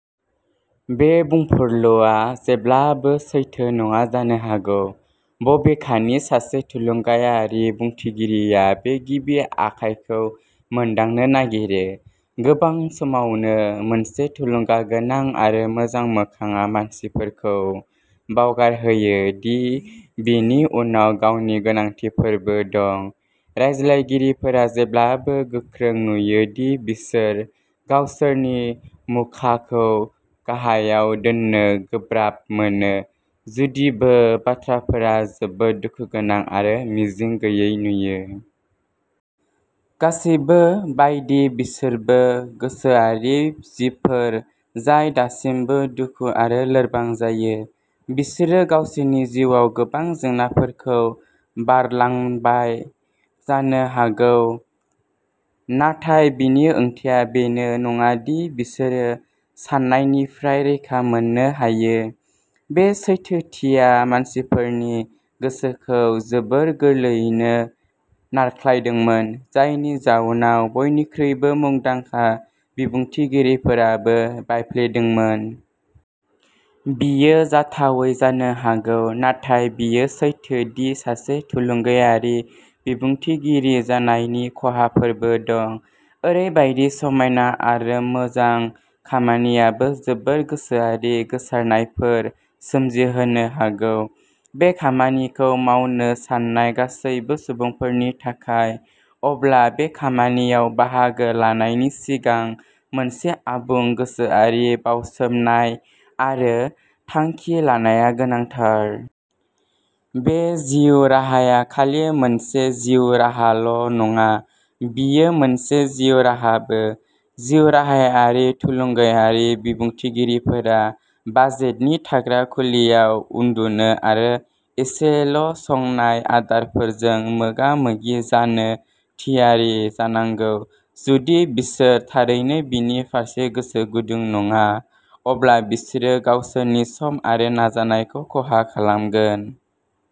"-बे बुंफुरलुआ जेब्लाबो सैथो नङा जानो हागौ। बबेखानि, सासे थुलुंगायारि बुंथिगिरिया बे गिबि आखायखौ मोनदांनो नागिरो। गोबां समावनो, मोनसे थुलुंगागोनां आरो मोजां मोखांआ मानसिफोरखौ बावगारहोयो दि बेनि उनाव गावनि गोनांथिफोरबो दं। रायज्लायगिरिफोरा जेब्लाबो गोख्रों नुयो दि बिसोर गावसोरनि मुखाखौ गाहायाव दोन्नो गोब्राब मोनो, जुदिबो बाथ्राफोरा जोबोद दुखुगोनां आरो मिजिं गैयै नुयो। गासैबो बायदि, बिसोरबो गोसोआरि जिबफोर जाय दासिमबो दुखु आरो लोरबां जायो। बिसोरो गावसोरनि जिउआव गोबां जेंनाफोरखौ बारलांबाय जानो हागौ, नाथाय बेनि ओंथिया बेनो नङा दि बिसोरो सानायनिफ्राय रैखा मोननो हायो। बे सैथोथिया मानसिफोरनि गोसोखौ जोबोद गोरलैयैनो नारख्लायदोंमोन, जायनि जाउनाव बयनिख्रुइबो मुंदांखा बिबुंथिगिरिफोराबो बायफ्लेदोंमोन। बेयो जाथावै जानो हागौ नाथाय बेयो सैथो दि सासे थुलुंगायारि बिबुंथिगिरि जानायनि खहाफोरबो दं। ओरैबायदि समायना आरो मोजां खामानियाबो जोबोद गोसोआरि गोसारनायफोर सोमजिहोनो हागौ। बे खामानिखौ मावनो सान्नाय गासैबो सुबुंफोरनि थाखाय, अब्ला बे खामानियाव बाहागो लानायनि सिगां मोनसे आबुं गोसोआरि बाउसोमनाय आरो थांखि लानाया गोनांथार। बे जिउ राहाया खालि मोनसे जिउ राहाल'नङा, बेयो मोनसे जिउ राहाबो। जिउराहायारि थुलुंगायारि बिबुंथिगिरिफोरा बाजेटनि थाग्रा खुलियाव उन्दुनो आरो एसेल'संनाय आदारफोरजों मोगा-मोगि जानो थियारि जानांगौ। जुदि बिसोर थारैनो बेनि फारसे गोसो गुदुं नङा, अब्ला बिसोरो गावसोरनि सम आरो नाजानायखौ खहा खालामगोन।